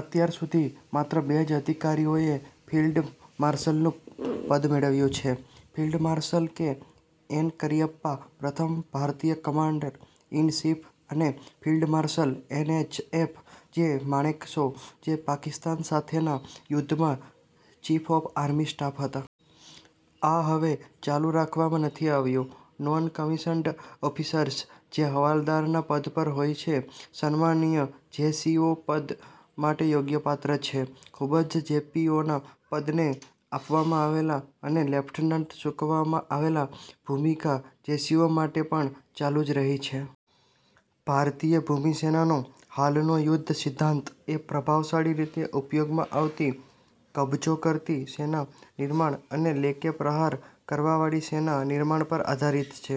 અત્યાર સુધી માત્ર બે જ અધિકારીઓ એ ફિલ્ડ માર્શલનું પદ મેળવ્યું છે: field marshal K N Cariappa પ્રથમ ભારતીય કમાન્ડર ઈન સીફ અને field marshal N H F J Manekshaw, જે પાકિસ્તાન સાથેના યુદ્ધમાં ચીફ ઓફ આર્મી સ્ટાફ હતા. આ હવે ચાલુ રાખવામાં નથી આવ્યું. નોન કમિશન્ડ ઓફિસર્સ જે હવાલદારના પદ પર હોય છે સમ્માનીય જે. સી. ઓ પદ માટે યોગ્યપાત્ર છે. ખૂબ જ જેપીઓના પદને આપવામાં આવેલા અને લેફટનન્ટ ચૂકવવામાં આવેલા, ભૂમિકા જેસીઓ માટે પણ ચાલુ જ રહી છે. ભારતીય ભૂમિ સેનાનો હાલનો યુદ્ધ સિદ્ધાંત એ પ્રભાવશાળી રીતે ઉપયોગમાં આવતી કબજો કરતી સેના નિર્માણ અને લે કે પ્રહાર કરવાવાળી સેના નિર્માણ પર આધારિત છે.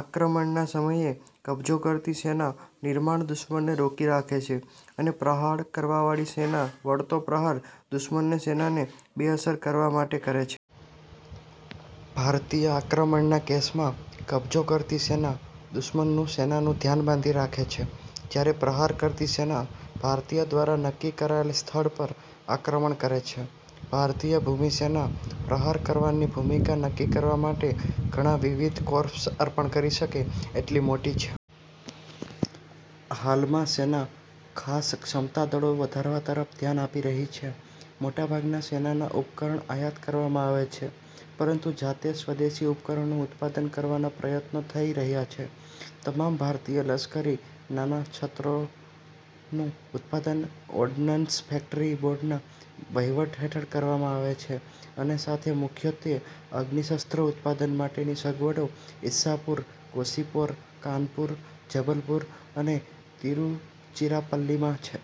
આક્રમણના સમયે, કબજો કરતી સેના નિર્માણ દુશ્મનને રોકી રાખે છે અને પ્રહાર કરવાવાળી સેના વળતો પ્રહાર દુશ્મનને સેનાને બેઅસર કરવા માટે કરે છે. ભારતીય આક્રમણના કેસમાં, કબજો કરતી સેના દુશ્મનનો સેનાનું ધ્યાન બાંધી રાખે છે જ્યારે પ્રહાર કરતી સેના ભારતીય દ્વારા નક્કી કરાયેલા સ્થળ પર આક્રમણ કરે છે. ભારતીય ભૂમિ સેના પ્રહાર કરવાની ભૂમિકા નક્કી કરવા માટે ઘણા વિવિધ કોર્સ્પને અપર્ણ કરી શકે એટલી મોટી છે. હાલમાં, સેના ખાસ ક્ષમતા દળો વધારવા તરફ ધ્યાન આપી રહી છે. મોટાભાગના સેનાના ઉપકરણ આયાત કરવામાં આવે છે, પરંતુ જાતે સ્વદેશી ઉપકરણનું ઉત્પાદન કરવાના પ્રયત્નો થઈ રહ્યા છે. તમામ ભારતીય લશ્કરી નાના ક્ષત્રોનું ઉત્પાદન ઓર્ડીનન્સ ફેકટરી બોર્ડના વહીવટ હેઠળ કરવામાં આવે છે, અને સાથે મુખ્યત્વે અગ્નિશસ્ત્રો ઉત્પાદન માટેની સગવડો ઈસ્સાપુર, કોસીપોર, કાનપુર, જબલપુર અને તિરુચીરાપલ્લીમાં છે.